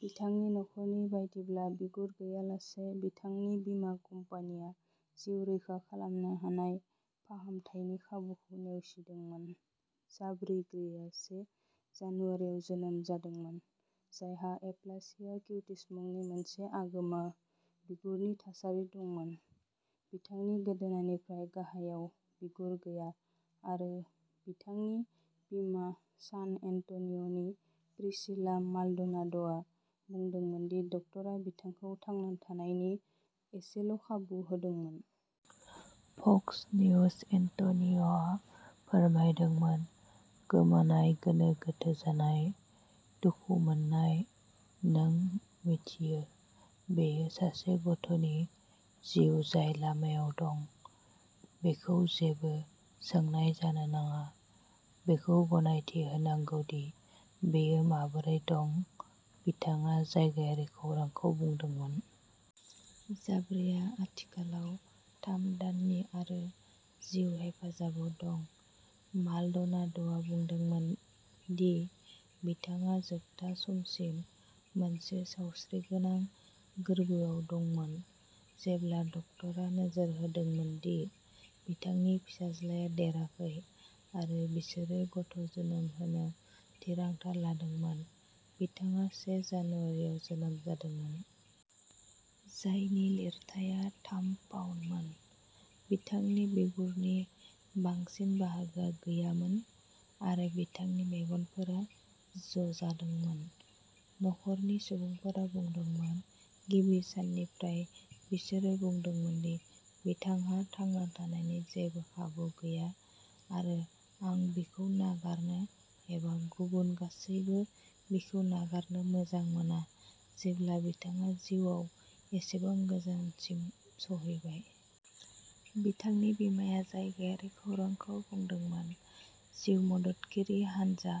बिथांनि नखरनि बायदिब्ला बिगुर गैयालासे बिथांनि बीमा कम्पानिया जिउ रैखा खालामनो हानाय फाहामथायनि खाबुखौ नेवसिदोंमोन। जाबरी ग्रेआ से जानुवारियाव जोनोम जादोंमोन। जायहा एप्लासिया क्युटिस मुंनि मोनसे आगोमा बिगुरनि थासारि दंमोन। बिथांनि गोदोनानिफ्राय गाहायाव बिगुर गैया आरो बिथांनि बिमा सान एन्ट'निय'नि प्रिसिला माल्ड'नाद'आ बुंदोंमोन दि डाक्ट'रा बिथांखौ थांना थानायनि एसेल'खाबु होदोंमोन। फक्स निउज एन्ट'निय'आ फोरमायदोंमोन। गोमानाय गोनो गोथो जानाय, दुखु मोननाय, नों मिथियो बेयो सासे गथ'नि जिउ जाय लामायाव दं। बेखौ जेबो सोंनाय जानो नाङा। बेखौ गनायथि होनांगौ दि बेयो माबोरै दं। बिथाङा जायगायारि खौरांखौ बुंदोंमोन। जाबरीआ आथिखालाव थाम दाननि आरो जिउ हेफाजाबाव दं। माल्ड'नाद'आ बुंदोंमोन दि बिथाङा जोबथा समसिम मोनसे सावस्रिगोनां गोर्बोआव दंमोन। जेब्ला डाक्ट'रा नोजोर होदोंमोन दि बिथांनि फिसाज्लाया देराखै आरो बिसोरो गथ'जोनोम होनो थिरांथा लादोंमोन। बिथाङा से जानुवारियाव जोनोम जादोंमोन। जायनि लिरथाया थाम पाउन्दमोन। बिथांनि बिगुरनि बांसिन बाहागोआ गैयामोन आरो बिथांनि मेगनफोरा ज'जादोंमोन। नखरनि सुबुंफोरा बुंदोंमोन। गिबि साननिफ्राय बिसोरो बुंदोंमोन दि बिथांहा थांना थानायनि जेबो खाबु गैया आरो आं बिखौ नागारनो एबा गुबुन गासैबो बिखौ नागारनो मोजां मोना जेब्ला बिथाङा जिउआव एसेबां गोजानसिम सौहैबाय। बिथांनि बिमाया जायगायारि खौरांखौ बुंदोंमोन। जिउ मददगिरि हानजा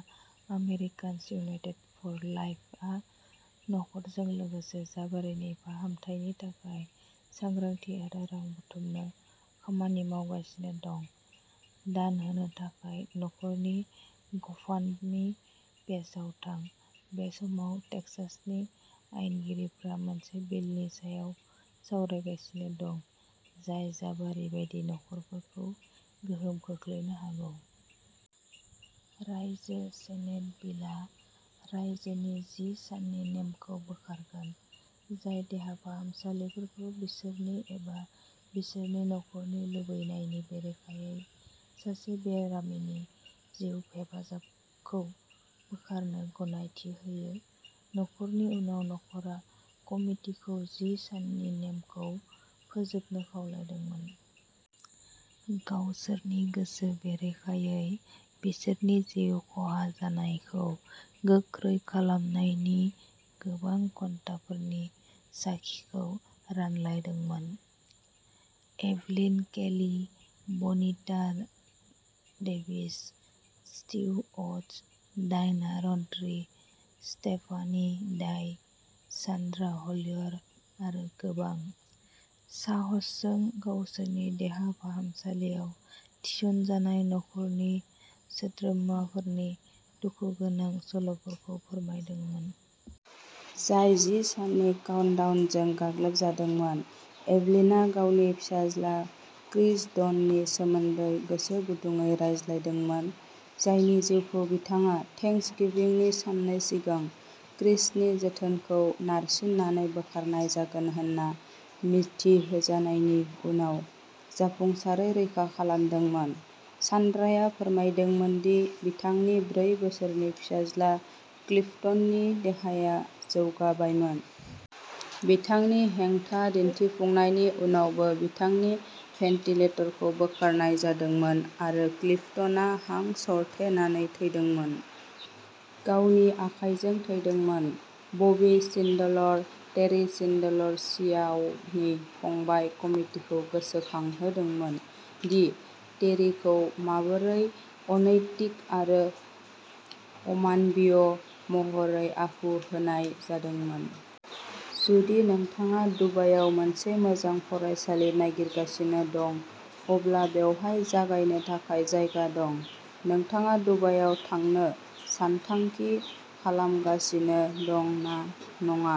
आमेरिकान्स इउनाइटेड फर लाइफआ नखरजों लोगोसे जाबारिनि फाहामथायनि थाखाय सांग्रांथि आरो रां बुथुमनो खामानि मावगासिनो दं। दान होनो थाखाय नखरनि ग'फान्डमी पेजआव थां। बे समावनो टेक्सासनि आयेनगिरिफ्रा मोनसे बिलनि सायाव सावरायगासिनो दं जाय जाबारि बायदि नखरफोरखौ गोहोम खोख्लैनो हागौ। रायजो सेनेट बिल आ रायजोनि जि साननि नेमखौ बोखारगोन। जाय देहा फाहामसालिफोरखौ बिसोरनि एबा बिसोरनि नखरनि लुबैनायनि बेरेखायै सासे बेरामिनि जिउ हेफाजाबखौ बोखारनो गनायथि होयो। नखरनि उनाव न'खरआ कमितिखौ जि साननि नेमखौ फोजोबनो खावलायदोंमोन। गावसोरनि गोसो बेरेखायै बिसोरनि जिउ खहा जानायखौ गोख्रै खालामनायनि गोबां घन्टाफोरनि साखिखौ रानलायदोंमोन। Evelyn Kelly, Bonita Davis, Steve Arts, Diana Rountree, Stephanie Dye, Sandra हलियर आरो गोबां। साहसजों गावसोरनि देहा फाहामसालियाव थिसनजानाय नखरनि सोद्रोमाफोरनि दुखुगोनां सल'फोरखौ फोरमायदोंमोन। जाय जि साननि काउन्टडाउनजों गाग्लोबजादोंमोन। एभलिनआ गावनि फिसाज्ला क्रिस डननि सोमोन्दै गोसो गुदुंयै रायज्लायदोंमोन। जायनि जिउखौ बिथाङा थेंक्सगिविंनि साननै सिगां क्रिसनि जोथोनखौ नारसिननानै बोखारनाय जागोन होनना मिथिहोजानायनि उनाव जाफुंसारै रैखा खालामदोंमोन। सान्ड्राया फोरमायदोंमोन दि बिथांनि ब्रै बोसोरनि फिसाज्ला क्लिफटननि देहाया जौगाबायमोन। बिथांनि हेंथा दिन्थिफुंनायनि उनावबो बिथांनि भेन्टिलेटरखौ बोखारनाय जादोंमोन आरो क्लिफटनआ हां सरथेनानै थैदोंमोन। गावनि आखाइजों थैदोंमोन। बबी शिन्डलर, टेरी शिन्डलर शियाव'नि फंबाय कमितिखौ गोसोखांहोदोंमोन दि टेरीखौ माबोरै अनैतिक आरो अमानवीय महरै आखु होनाय जादोंमोन। जुदि नोंथाङा दुबाइआव मोनसे मोजां फरायसालि नागिरगासिनो दं अब्ला बेवहाय जागायनो थाखाय जायगा दं। नोंथाङा दुबाइआव थांनो सानथांखि खालामगासिनो दं ना नङा।